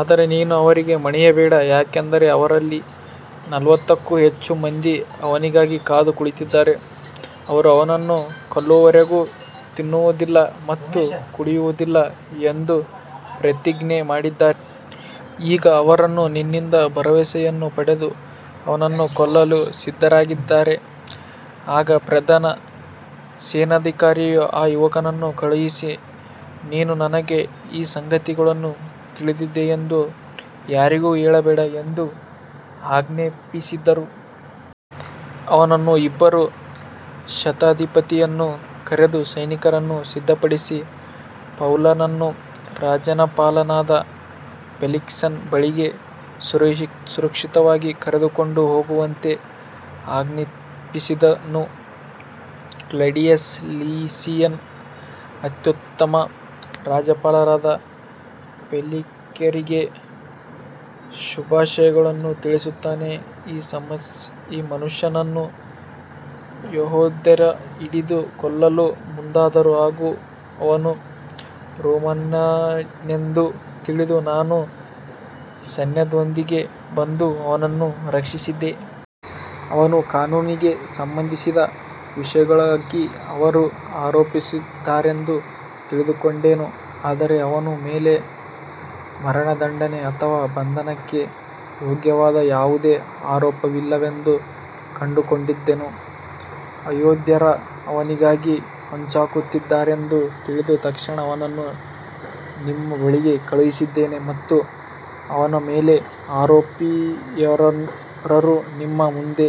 ಆದರೆ ನೀನು ಅವರಿಗೆ ಮಣಿಯಬೇಡ, ಯಾಕಂದರೆ ಅವರಲ್ಲಿ ನಲವತ್ತಕ್ಕೂ ಹೆಚ್ಚು ಮಂದಿ ಅವನಿಗಾಗಿ ಕಾದು ಕುಳಿತಿದ್ದಾರೆ. ಅವರು ಅವನನ್ನು ಕೊಲ್ಲುವವರೆಗೂ ತಿನ್ನುವುದಿಲ್ಲ ಮತ್ತು ಕುಡಿಯುವುದಿಲ್ಲ ಎಂದು ಪ್ರತಿಜ್ಞೆ ಮಾಡಿದ್ದಾರೆ. ಈಗ ಅವರು ನಿನ್ನಿಂದ ಭರವಸೆಯನ್ನು ಪಡೆದು ಅವನನ್ನು ಕೊಲ್ಲಲು ಸಿದ್ಧರಾಗಿದ್ದಾರೆ. ಆಗ ಪ್ರಧಾನ ಸೇನಾಧಿಕಾರಿಯು ಆ ಯುವಕನನ್ನು ಕಳುಹಿಸಿ, ನೀನು ನನಗೆ ಈ ಸಂಗತಿಗಳನ್ನು ತಿಳಿಸಿದ್ದೀಯೆಂದು ಯಾರಿಗೂ ಹೇಳಬೇಡ ಎಂದು ಆಜ್ಞಾಪಿಸಿದನು. ಅವನು ಇಬ್ಬರು ಶತಾಧಿಪತಿಗಳನ್ನು ಕರೆದು, ಸೈನಿಕರನ್ನು ಸಿದ್ಧಪಡಿಸಿ ಪೌಲನನ್ನು ರಾಜ್ಯಪಾಲನಾದ ಫೆಲಿಕ್ಸನ ಬಳಿಗೆ ಸುರಕ್ಷಿತವಾಗಿ ಕರೆದುಕೊಂಡು ಹೋಗುವಂತೆ ಆಜ್ಞಾಪಿಸಿದನು. ಕ್ಲಾಡಿಯಸ್ ಲಿಸಿಯಸ್ ಅತ್ಯುತ್ತಮ ರಾಜ್ಯಪಾಲರಾದ ಫೆಲಿಕ್ಸರಿಗೆ ಶುಭಾಶಯಗಳನ್ನು ತಿಳಿಸುತ್ತಾನೆ. ಈ ಮನುಷ್ಯನನ್ನು ಯೆಹೂದ್ಯರು ಹಿಡಿದು ಕೊಲ್ಲಲು ಮುಂದಾದರು. ಆಗ ಅವನು ರೋಮನ್ನನೆಂದು ತಿಳಿದು ನಾನು ಸೈನ್ಯದೊಂದಿಗೆ ಬಂದು ಅವನನ್ನು ರಕ್ಷಿಸಿದೆ. ಅವನ ಕಾನೂನಿಗೆ ಸಂಬಂಧಿಸಿದ ವಿಷಯಗಳಿಗಾಗಿ ಅವರು ಆರೋಪಿಸುತ್ತಿದ್ದಾರೆಂದು ತಿಳಿದುಕೊಂಡೆನು. ಆದರೆ ಅವನ ಮೇಲೆ ಮರಣದಂಡನೆ ಅಥವಾ ಬಂಧನಕ್ಕೆ ಯೋಗ್ಯವಾದ ಯಾವುದೇ ಆರೋಪವಿಲ್ಲವೆಂದು ಕಂಡುಕೊಂಡೆನು. ಯೆಹೂದ್ಯರು ಅವನಿಗಾಗಿ ಹೊಂಚುಹಾಕುತ್ತಿದ್ದಾರೆಂದು ತಿಳಿದ ತಕ್ಷಣ ಅವನನ್ನು ನಿಮ್ಮ ಬಳಿಗೆ ಕಳುಹಿಸಿದೆನು ಮತ್ತು ಅವನ ಮೇಲೆ ಆರೋಪವಿರುವವರು ನಿಮ್ಮ ಮುಂದೆ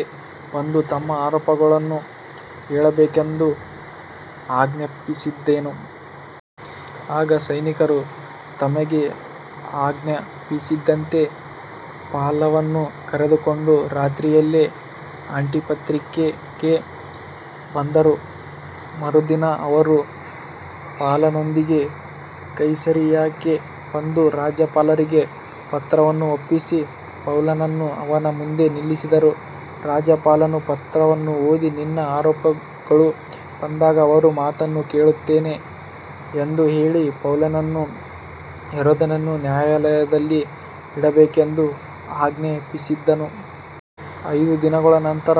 ಬಂದು ತಮ್ಮ ಆರೋಪಗಳನ್ನು ಹೇಳಬೇಕೆಂದು ಆಜ್ಞಾಪಿಸಿದೆನು. ಆಗ ಸೈನಿಕರು ತಮಗೆ ಆಜ್ಞಾಪಿಸಿದಂತೆ ಪೌಲನನ್ನು ಕರೆದುಕೊಂಡು ರಾತ್ರಿಯಲ್ಲಿ ಆಂಟಿಪತ್ರಿಗೆ ಬಂದರು. ಮರುದಿನ ಅವರು ಪೌಲನೊಂದಿಗೆ ಕೈಸರಿಯಾಕ್ಕೆ ಬಂದು ರಾಜ್ಯಪಾಲರಿಗೆ ಪತ್ರವನ್ನು ಒಪ್ಪಿಸಿ ಪೌಲನನ್ನು ಅವನ ಮುಂದೆ ನಿಲ್ಲಿಸಿದರು. ರಾಜ್ಯಪಾಲನು ಪತ್ರವನ್ನು ಓದಿ, ನಿನ್ನ ಆರೋಪಿಗಳು ಬಂದಾಗ ಅವರ ಮಾತನ್ನು ಕೇಳುತ್ತೇನೆ ಎಂದು ಹೇಳಿ, ಪೌಲನನ್ನು ಹೆರೋದನ ನ್ಯಾಯಾಲಯದಲ್ಲಿ ಇಡಬೇಕೆಂದು ಆಜ್ಞಾಪಿಸಿದನು. ಐದು ದಿನಗಳ ನಂತರ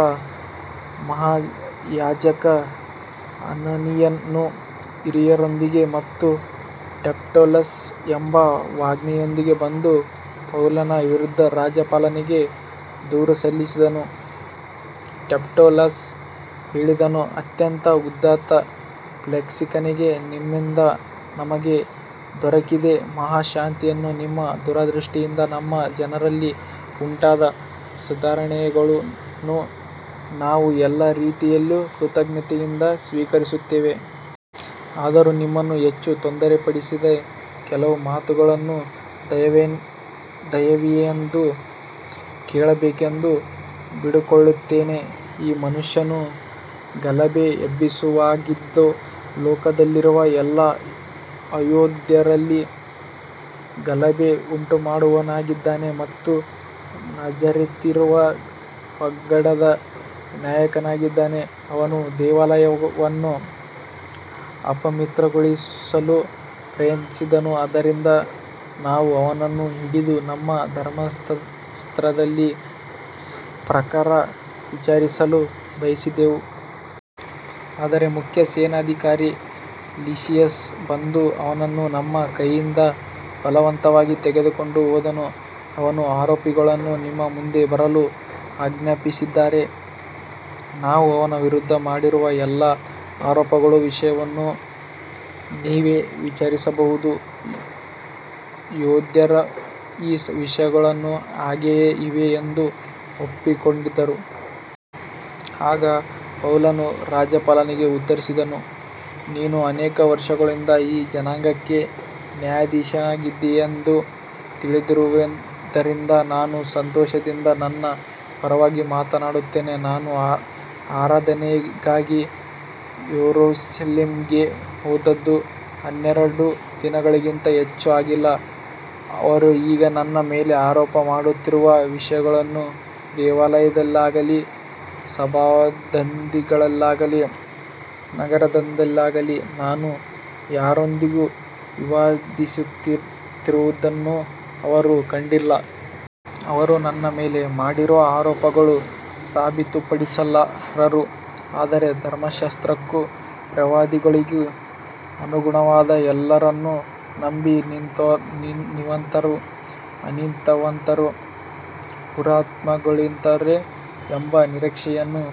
ಮಹಾಯಾಜಕ ಅನನೀಯನು ಹಿರಿಯರೊಂದಿಗೆ ಮತ್ತು ಟೆರ್ಟುಲ್ಲಸ್ ಎಂಬ ವಾಗ್ಮಿಯೊಂದಿಗೆ ಬಂದು ಪೌಲನ ವಿರುದ್ಧ ರಾಜ್ಯಪಾಲನಿಗೆ ದೂರು ಸಲ್ಲಿಸಿದನು. ಟೆರ್ಟುಲ್ಲಸ್ ಹೇಳಿದನು, ಅತ್ಯಂತ ಉದಾತ್ತ ಫೆಲಿಕ್ಸನೇ, ನಿಮ್ಮಿಂದ ನಮಗೆ ದೊರಕಿದ ಮಹಾ ಶಾಂತಿಯನ್ನೂ ನಿಮ್ಮ ದೂರದೃಷ್ಟಿಯಿಂದ ನಮ್ಮ ಜನರಲ್ಲಿ ಉಂಟಾದ ಸುಧಾರಣೆಗಳನ್ನೂ ನಾವು ಎಲ್ಲ ರೀತಿಯಲ್ಲಿಯೂ ಕೃತಜ್ಞತೆಯಿಂದ ಸ್ವೀಕರಿಸುತ್ತೇವೆ. ಆದರೂ ನಿಮ್ಮನ್ನು ಹೆಚ್ಚು ತೊಂದರೆಪಡಿಸದೆ ಕೆಲವು ಮಾತುಗಳನ್ನು ದಯೆಯಿಂದ ಕೇಳಬೇಕೆಂದು ಬೇಡಿಕೊಳ್ಳುತ್ತೇನೆ. ಈ ಮನುಷ್ಯನು ಗಲಭೆ ಎಬ್ಬಿಸುವವನಾಗಿದ್ದು, ಲೋಕದಲ್ಲಿರುವ ಎಲ್ಲ ಯೆಹೂದ್ಯರಲ್ಲಿ ಗಲಭೆ ಉಂಟುಮಾಡುವವನಾಗಿದ್ದಾನೆ ಮತ್ತು ನಜರೇತಿನವರ ಪಂಗಡದ ನಾಯಕನಾಗಿದ್ದಾನೆ. ಅವನು ದೇವಾಲಯವನ್ನು ಅಪವಿತ್ರಗೊಳಿಸಲು ಪ್ರಯತ್ನಿಸಿದನು. ಆದ್ದರಿಂದ ನಾವು ಅವನನ್ನು ಹಿಡಿದು ನಮ್ಮ ಧರ್ಮಶಾಸ್ತ್ರದ ಪ್ರಕಾರ ವಿಚಾರಿಸಲು ಬಯಸಿದೆವು. ಆದರೆ ಮುಖ್ಯ ಸೇನಾಧಿಕಾರಿ ಲಿಸಿಯಸ್ ಬಂದು ಅವನನ್ನು ನಮ್ಮ ಕೈಯಿಂದ ಬಲವಂತವಾಗಿ ತೆಗೆದುಕೊಂಡು ಹೋದನು. ಅವನ ಆರೋಪಿಗಳನ್ನು ನಿಮ್ಮ ಮುಂದೆ ಬರಲು ಆಜ್ಞಾಪಿಸಿದರೆ, ನಾವು ಅವನ ವಿರುದ್ಧ ಮಾಡಿರುವ ಎಲ್ಲಾ ಆರೋಪಗಳ ವಿಷಯವನ್ನು ನೀವೇ ವಿಚಾರಿಸಬಹುದು. ಯೆಹೂದ್ಯರೂ ಈ ವಿಷಯಗಳು ಹಾಗೆಯೇ ಇವೆ ಎಂದು ಒಪ್ಪಿಕೊಂಡರು. ಆಗ ಪೌಲನು ರಾಜ್ಯಪಾಲನಿಗೆ ಉತ್ತರಿಸಿದನು, ನೀನು ಅನೇಕ ವರ್ಷಗಳಿಂದ ಈ ಜನಾಂಗಕ್ಕೆ ನ್ಯಾಯಾಧೀಶನಾಗಿದ್ದೀಯೆಂದು ತಿಳಿದಿರುವುದರಿಂದ ನಾನು ಸಂತೋಷದಿಂದ ನನ್ನ ಪರವಾಗಿ ಮಾತನಾಡುತ್ತೇನೆ. ನಾನು ಆರಾಧನೆಗಾಗಿ ಯೆರೂಸಲೇಮಿಗೆ ಹೋದದ್ದು ಹನ್ನೆರಡು ದಿನಗಳಿಗಿಂತ ಹೆಚ್ಚು ಆಗಿಲ್ಲ. ಅವರು ಈಗ ನನ್ನ ಮೇಲೆ ಆರೋಪ ಮಾಡುತ್ತಿರುವ ವಿಷಯಗಳನ್ನು ದೇವಾಲಯದಲ್ಲಾಗಲಿ ಸಭಾಮಂದಿರಗಳಲ್ಲಾಗಲಿ ನಗರದಲ್ಲಾಗಲಿ ನಾನು ಯಾರೊಂದಿಗೂ ವಿವಾದಿಸುತ್ತಿರುವುದನ್ನು ಅವರು ಕಂಡಿಲ್ಲ. ಅವರು ನನ್ನ ಮೇಲೆ ಮಾಡಿರುವ ಆರೋಪಗಳನ್ನು ಸಾಬೀತುಪಡಿಸಲಾರರು. ಆದರೆ ಧರ್ಮಶಾಸ್ತ್ರಕ್ಕೂ ಪ್ರವಾದಿಗಳಿಗೂ ಅನುಗುಣವಾದ ಎಲ್ಲವನ್ನೂ ನಂಬಿ, ನೀತಿವಂತರೂ ಅನೀತಿವಂತರೂ ಪುನರುತ್ಥಾನಗೊಳ್ಳುತ್ತಾರೆ ಎಂಬ ನಿರೀಕ್ಷೆಯನ್ನು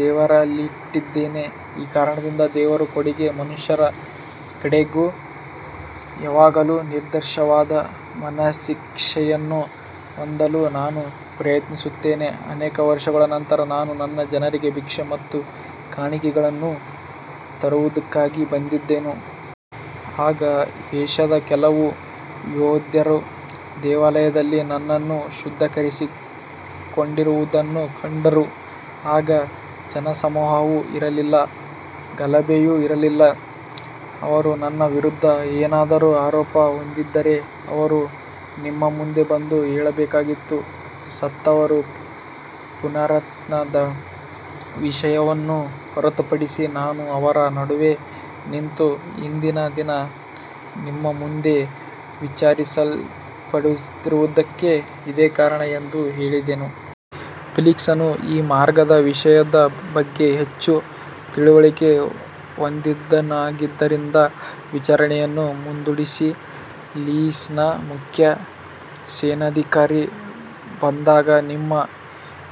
ದೇವರಲ್ಲಿಟ್ಟಿದ್ದೇನೆ. ಈ ಕಾರಣದಿಂದ ದೇವರ ಕಡೆಗೂ ಮನುಷ್ಯರ ಕಡೆಗೂ ಯಾವಾಗಲೂ ನಿರ್ದೋಷವಾದ ಮನಸ್ಸಾಕ್ಷಿಯನ್ನು ಹೊಂದಲು ನಾನು ಪ್ರಯತ್ನಿಸುತ್ತೇನೆ. ಅನೇಕ ವರ್ಷಗಳ ನಂತರ ನಾನು ನನ್ನ ಜನರಿಗೆ ಭಿಕ್ಷೆ ಮತ್ತು ಕಾಣಿಕೆಗಳನ್ನು ತರುವುದಕ್ಕಾಗಿ ಬಂದೆನು. ಆಗ ಏಷ್ಯಾದ ಕೆಲವು ಯೆಹೂದ್ಯರು ದೇವಾಲಯದಲ್ಲಿ ನನ್ನನ್ನು ಶುದ್ಧೀಕರಿಸಿಕೊಂಡಿರುವುದನ್ನು ಕಂಡರು. ಆಗ ಜನಸಮೂಹವೂ ಇರಲಿಲ್ಲ, ಗಲಭೆಯೂ ಇರಲಿಲ್ಲ. ಅವರು ನನ್ನ ವಿರುದ್ಧ ಏನಾದರೂ ಆರೋಪ ಹೊಂದಿದ್ದರೆ ಅವರು ನಿಮ್ಮ ಮುಂದೆ ಬಂದು ಹೇಳಬೇಕಾಗಿತ್ತು. ಸತ್ತವರ ಪುನರುತ್ಥಾನದ ವಿಷಯವನ್ನು ಹೊರತುಪಡಿಸಿ, ನಾನು ಅವರ ನಡುವೆ ನಿಂತು, ಇಂದಿನ ದಿನ ನಿಮ್ಮ ಮುಂದೆ ವಿಚಾರಿಸಲ್ಪಡುತ್ತಿರುವುದಕ್ಕೆ ಇದೇ ಕಾರಣ ಎಂದು ಹೇಳಿದೆನು. ಫೆಲಿಕ್ಸನು ಈ ಮಾರ್ಗದ ವಿಷಯದ ಬಗ್ಗೆ ಹೆಚ್ಚು ತಿಳುವಳಿಕೆ ಹೊಂದಿದ್ದವನಾಗಿದ್ದರಿಂದ ವಿಚಾರಣೆಯನ್ನು ಮುಂದೂಡಿಸಿ, ಲಿಸಿಯಸ್ ಮುಖ್ಯ ಸೇನಾಧಿಕಾರಿ ಬಂದಾಗ ನಿಮ್ಮ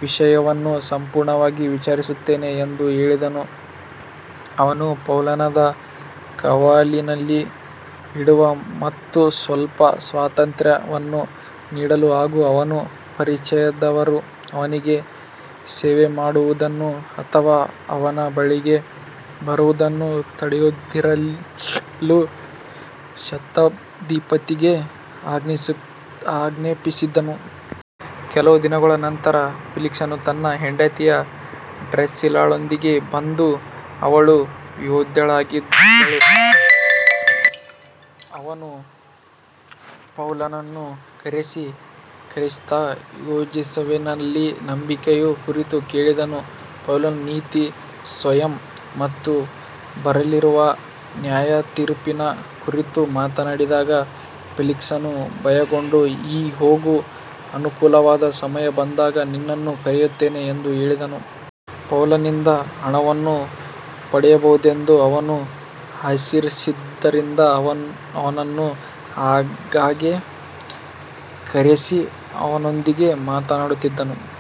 ವಿಷಯವನ್ನು ಸಂಪೂರ್ಣವಾಗಿ ವಿಚಾರಿಸುತ್ತೇನೆ ಎಂದು ಹೇಳಿದನು. ಅವನು ಪೌಲನನ್ನು ಕಾವಲಿನಲ್ಲಿ ಇಡಲು ಮತ್ತು ಸ್ವಲ್ಪ ಸ್ವಾತಂತ್ರ್ಯವನ್ನು ನೀಡಲು ಹಾಗೂ ಅವನ ಪರಿಚಯದವರು ಅವನಿಗೆ ಸೇವೆಮಾಡುವುದನ್ನು ಅಥವಾ ಅವನ ಬಳಿಗೆ ಬರುವುದನ್ನು ತಡೆಯದಿರಲು ಶತಾಧಿಪತಿಗೆ ಆಜ್ಞಾಪಿಸಿದನು. ಕೆಲವು ದಿನಗಳ ನಂತರ ಫೆಲಿಕ್ಸನು ತನ್ನ ಹೆಂಡತಿ ಡ್ರುಸಿಲ್ಲಾಳೊಂದಿಗೆ ಬಂದು, ಅವಳು ಯೆಹೂದ್ಯಳಾಗಿದ್ದಳು. ಅವನು ಪೌಲನನ್ನು ಕರೆಸಿ ಕ್ರಿಸ್ತ ಯೇಸುವಿನಲ್ಲಿನ ನಂಬಿಕೆಯ ಕುರಿತು ಕೇಳಿದನು. ಪೌಲನು ನೀತಿ, ಸಂಯಮ ಮತ್ತು ಬರಲಿರುವ ನ್ಯಾಯತೀರ್ಪಿನ ಕುರಿತು ಮಾತನಾಡಿದಾಗ ಫೆಲಿಕ್ಸನು ಭಯಗೊಂಡು, ಈಗ ಹೋಗು, ಅನುಕೂಲವಾದ ಸಮಯ ಬಂದಾಗ ನಿನ್ನನ್ನು ಕರೆಯುತ್ತೇನೆ ಎಂದು ಹೇಳಿದನು. ಪೌಲನಿಂದ ಹಣವನ್ನು ಪಡೆಯಬಹುದೆಂದು ಅವನು ಆಶಿಸಿದ್ದರಿಂದ ಅವನನ್ನು ಆಗಾಗ್ಗೆ ಕರೆಸಿ ಅವನೊಂದಿಗೆ ಮಾತನಾಡುತ್ತಿದ್ದನು.